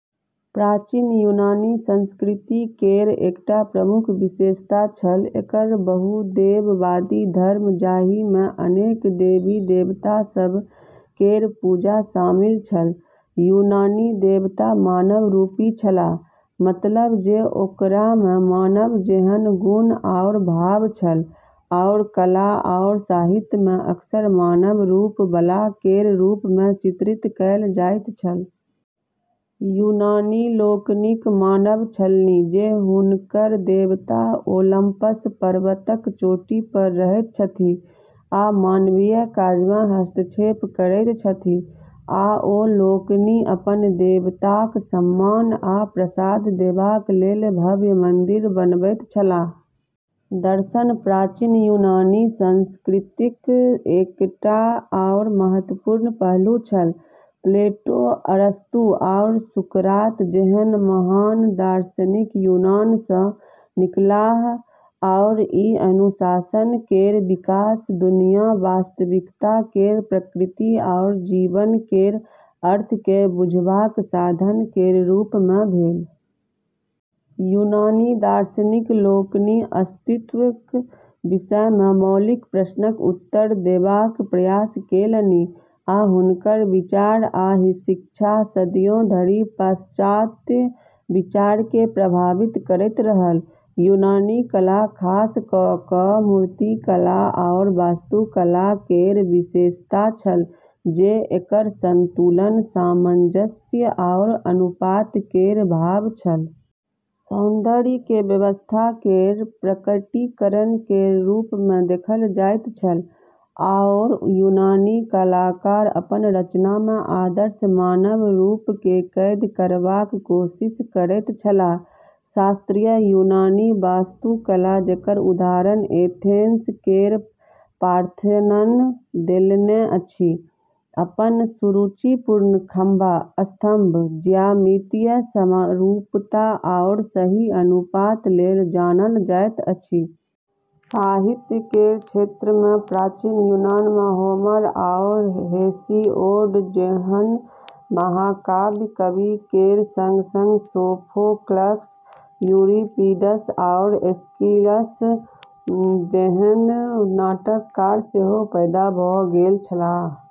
प्राचीन यूनानी संस्कृति केर एकटा प्रमुख विशेषता छल एकर बहुदेववादी धर्म, जाहि मे अनेक देवी-देवता सभ केर पूजा शामिल छल। यूनानी देवता मानवरूपी छलाह, मतलब जे ओकरा मे मानव जेहन गुण आओर भाव छल, आओर कला आओर साहित्य मे अक्सर मानव रूप बला केर रूप मे चित्रित कएल जाइत छल। यूनानी लोकनिक मानब छलनि जे हुनकर देवता ओलंपस पर्वतक चोटी पर रहैत छथि आ मानवीय काज मे हस्तक्षेप करैत छथि, आ ओ लोकनि अपन देवताक सम्मान आ प्रसाद देबाक लेल भव्य मंदिर बनबैत छलाह। दर्शन प्राचीन यूनानी संस्कृतिक एकटा आओर महत्वपूर्ण पहलू छल। प्लेटो, अरस्तू, आओर सुकरात जेहन महान दार्शनिक यूनान सँ निकलाह आओर ई अनुशासन केर विकास दुनिया, वास्तविकता केर प्रकृति आओर जीवन केर अर्थ केँ बुझबाक साधन केर रूप मे भेल। यूनानी दार्शनिक लोकनि अस्तित्वक विषय मे मौलिक प्रश्नक उत्तर देबाक प्रयास केलनि आ हुनकर विचार आ शिक्षा सदियो धरि पाश्चात्य विचार केँ प्रभावित करैत रहल। यूनानी कला, खास कऽ कऽ मूर्तिकला आओर वास्तुकला केर विशेषता छल जे एकर संतुलन, सामंजस्य आओर अनुपात केर भाव छल। सौन्दर्य केँ व्यवस्था केर प्रकटीकरण केर रूप मे देखल जाइत छल, आओर यूनानी कलाकार अपन रचना मे आदर्श मानव रूप केँ कैद करबाक कोशिश करैत छलाह। शास्त्रीय यूनानी वास्तुकला, जेकर उदाहरण एथेंस केर पार्थेनन देलने अछि, अपन सुरुचिपूर्ण खंभा (स्तंभ), ज्यामितीय समरूपता आओर सही अनुपात लेल जानल जाइत अछि। साहित्य केर क्षेत्र मे प्राचीन यूनान मे होमर आओर हेसिओड जेहन महाकाव्य कवि केर संग-संग सोफोक्लस, यूरिपिडस, आओर एस्किलस जेहन नाटककार सेहो पैदा भऽ गेल छलाह।